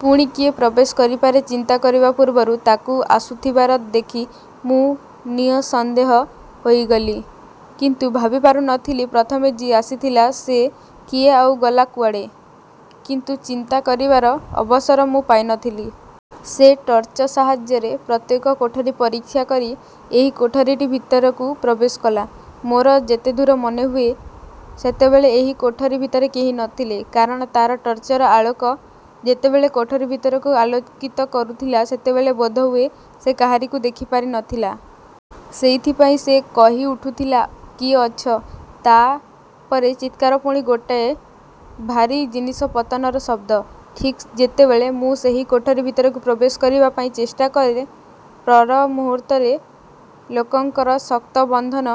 ପୁଣି କିଏ ପ୍ରବେଶ କରିପାରେ ଚିନ୍ତା କରିବା ପୂର୍ବରୁ ତାକୁ ଆସୁଥିବାର ଦେଖି ମୁଁ ନିଅସନ୍ଦେହ ହୋଇଗଲି କିନ୍ତୁ ଭାବିପାରୁ ନ ଥିଲି ପ୍ରଥମେ ଯିଏ ଆସିଥିଲା ସେ କିଏ ଆଉ ଗଲା କୁଆଡ଼େ? କିନ୍ତୁ ଚିନ୍ତା କରିବାର ଅବସର ମୁଁ ପାଇ ନ ଥିଲି। ସେ ଟର୍ଚ୍ଚ ସାହାଯ୍ୟରେ ପ୍ରତ୍ୟେକ କୋଠରି ପରୀକ୍ଷା କରି ଏହି କୋଠରିଟି ଭିତରକୁ ପ୍ରବେଶ କଲା। ମୋର ଯେତେଦୂର ମନେହୁଏ ସେତେବେଳେ ଏହି କୋଠରି ଭିତରେ କେହି ନ ଥିଲେ। କାରଣ ତା’ର ଟର୍ଚ୍ଚର ଆଲୋକ ଯେତେବେଳେ କୋଠରି ଭିତରକୁ ଆଲୋକିତ କରୁଥିଲା ସେତେବେଳେ ବୋଧହୁଏ ସେ କାହାରିକୁ ଦେଖି ପାରି ନ ଥିଲା। ସେଇଥିପାଇଁ ସେ କହିଉଠିଥିଲା କିଏ ଅଛ? ତା’ ପରେ ଚିତ୍କାର ପୁଣି ଗୋଟିଏ ଭାରୀ ଜିନିଷ ପତନର ଶବ୍ଦ। ଠିକ୍ ଯେତେବେଳେ ମୁଁ ସେହି କୋଠରି ଭିତରକୁ ପ୍ରବେଶ କରିବା ପାଇଁ ଚେଷ୍ଟା କରେ ପରମୁହୂର୍ତ୍ତରେ ଲୋକଙ୍କର ଶକ୍ତ ବନ୍ଧନ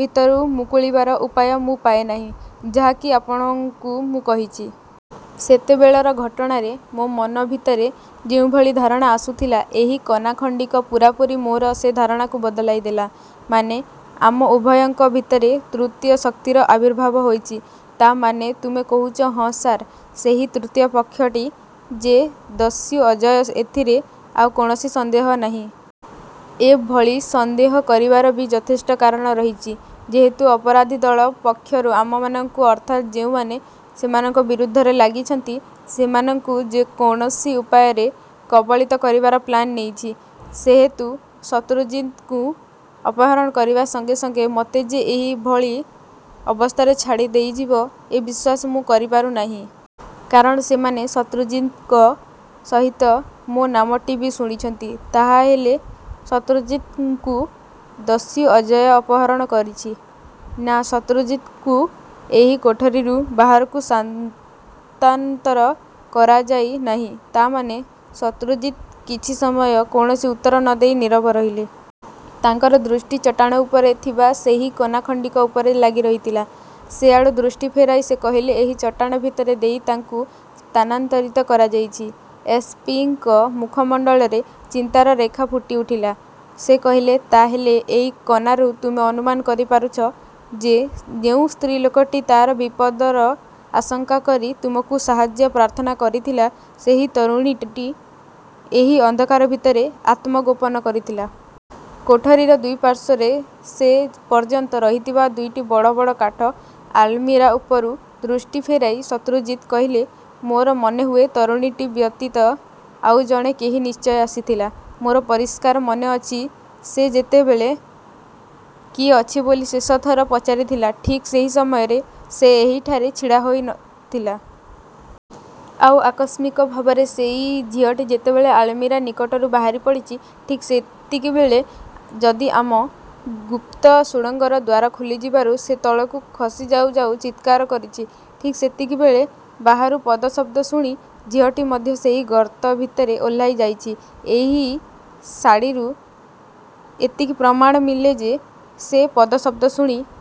ଭିତରୁ ମୁକୁଳିବାର ଉପାୟ ମୁଁ ପାଏ ନାହିଁ ଯାହା କି ଆପଣଙ୍କୁ ମୁଁ କହିଚି। ସେତେବେଳର ଘଟଣାରେ ମୋ ମନ ଭିତରେ ଯେଉଁଭଳି ଧାରଣା ଆସୁଥିଲା ଏହି କନାଖଣ୍ଡିକ ପୂରାପୂରି ମୋର ସେ ଧାରଣାକୁ ବଦଳାଇ ଦେଲା। ମାନେ? ଆମ ଉଭୟଙ୍କ ଭିତରେ ତୃତୀୟ ଶକ୍ତିର ଆବିର୍ଭାବ ହୋଇଚି। ତା’ ମାନେ ତୁମେ କୋହୁଚ ହଁ ସାର୍ ସେହି ତୃତୀୟ ପକ୍ଷଟି ଯେ ଦସ୍ୟୁ ଅଜୟ ଏଥିରେ ଆଉ କୌଣସି ସନ୍ଦେହ ନାହିଁ। ଏ ଭଳି ସନ୍ଦେହ କରିବାର ବି ଯଥେଷ୍ଟ କାରଣ ରହିଛି। ଯେହେତୁ ଅପରାଧୀ ଦଳ ପକ୍ଷରୁ ଆମମାନଙ୍କୁ ଅର୍ଥାତ୍ ଯେଉଁମାନେ ସେମାନଙ୍କ ବିରୁଦ୍ଧରେ ଲାଗିଛନ୍ତି ସେମାନଙ୍କୁ ଯେ କୌଣସି ଉପାୟରେ କବଳିତ କରିବାର ପ୍ଲାନ୍ ନେଇଛି। ସେହେତୁ ଶତ୍ରୁଜିତ୍‌ଙ୍କୁ ଅପହରଣ କରିବା ସଙ୍ଗେ ସଙ୍ଗେ ମୋତେ ଯେ ଏହି ଭଳି ଅବସ୍ଥାରେ ଛାଡ଼ି ଦେଇଯିବ ଏ ବିଶ୍ୱାସ ମୁଁ କରିପାରୁ ନାହିଁ। କାରଣ ସେମାନେ ଶତ୍ରୁଜିତ୍‌ଙ୍କ ସହିତ ମୋ ନାମଟି ବି ଶୁଣିଛନ୍ତି। ତା’ ହେଲେ ଶତ୍ରୁଜିତ୍‌ଙ୍କୁ ଦସ୍ୟୁ ଅଜୟ ଅପହରଣ କରିଛି? ନା ଶତ୍ରୁଜିତ୍‌ଙ୍କୁ ଏହି କୋଠରିରୁ ବାହାରକୁ ସାନ୍ତାନ୍ତର କରାଯାଇ ନାହିଁ। ତା’ ମାନେ? ଶତ୍ରୁଜିତ୍ କିଛି ସମୟ କୌଣସି ଉତ୍ତର ନ ଦେଇ ନୀରବ ରହିଲେ। ତାଙ୍କର ଦୃଷ୍ଟି ଚଟାଣ ଉପରେ ଥିବା ସେହି କନା ଖଣ୍ଡିକ ଉପରେ ଲାଗି ରହିଥିଲା। ସେ ଆଡ଼ୁ ଦୃଷ୍ଟି ଫେରାଇ ସେ କହିଲେ ଏହି ଚଟାଣ ଭିତର ଦେଇ ତାଙ୍କୁ ସ୍ଥାନାନ୍ତରିତ କରାଯାଇଛି। ଏସ୍ ପି ଙ୍କ ମୁଖମଣ୍ଡଳରେ ଚିନ୍ତାର ରେଖା ଫୁଟିଉଠିଲା। ସେ କହିଲେ ତା’ ହେଲେ ଏଇ କନାରୁ ତୁମେ ଅନୁମାନ କରି ପାରୁଛ ଯେ ଯେଉଁ ସ୍ତ୍ରୀ ଲୋକଟି ତା’ର ବିପଦର ଆଶଙ୍କା କରି ତୁମକୁ ସାହାଯ୍ୟ ପ୍ରାର୍ଥନା କରିଥିଲା ସେହି ତରୁଣୀଟି ଏହି ଅନ୍ଧକାର ଭିତରେ ଆତ୍ମଗୋପନ କରିଥିଲା। କୋଠରିର ଦୁଇ ପାର୍ଶ୍ୱରେ ସେ ପର୍ଯ୍ୟନ୍ତ ରହିଥିବା ଦୁଇଟି ବଡ଼ ବଡ଼ କାଠ ଆଲମିରା ଉପରୁ ଦୃଷ୍ଟି ଫେରାଇ ଶତ୍ରୁଜିତ୍ କହିଲେ ମୋର ମନେହୁଏ ତରୁଣୀଟି ବ୍ୟତୀତ ଆଉ ଜଣେ କେହି ନିଶ୍ଚୟ ଆସିଥିଲା। ମୋର ପରିଷ୍କାର ମନେ ଅଛି ସେ ଯେତେବେଳେ କିଏ ଅଛି ବୋଲି ଶେଷଥର ପଚାରିଥିଲା ଠିକ୍ ସେହି ସମୟରେ ସେ ଏହିଠାରେ ଛିଡ଼ା ନ ହୋଇଥିଲା। ଆଉ ଆକସ୍ମିକ ଭାବରେ ସେଇ ଝିଅଟି ଯେତେବେଳେ ଆଲମିରା ନିକଟରୁ ବାହାରି ପଡ଼ିଛି ଠିକ୍ ସେତିକିବେଳେ ଯଦି ଆମ ଗୁପ୍ତ ସୁଡ଼ଙ୍ଗର ଦ୍ୱାର ଖୋଲିଯିବାରୁ ସେ ତଳକୁ ଖସି ଯାଉ ଯାଉ ଚିତ୍କାର କରିଛି। ଠିକ୍ ସେତିକିବେଳେ ବାହାରୁ ପଦଶବ୍ଦ ଶୁଣି ଝିଅଟି ମଧ୍ୟ ସେହି ଗର୍ତ୍ତ ଭିତରେ ଓହ୍ଲାଇ ଯାଇଛି। ଏହି ଶାଢ଼ିରୁ ଏତିକି ପ୍ରମାଣ ମିଲେ ଯେ ସେ ପଦଶବ୍ଦ ଶୁଣି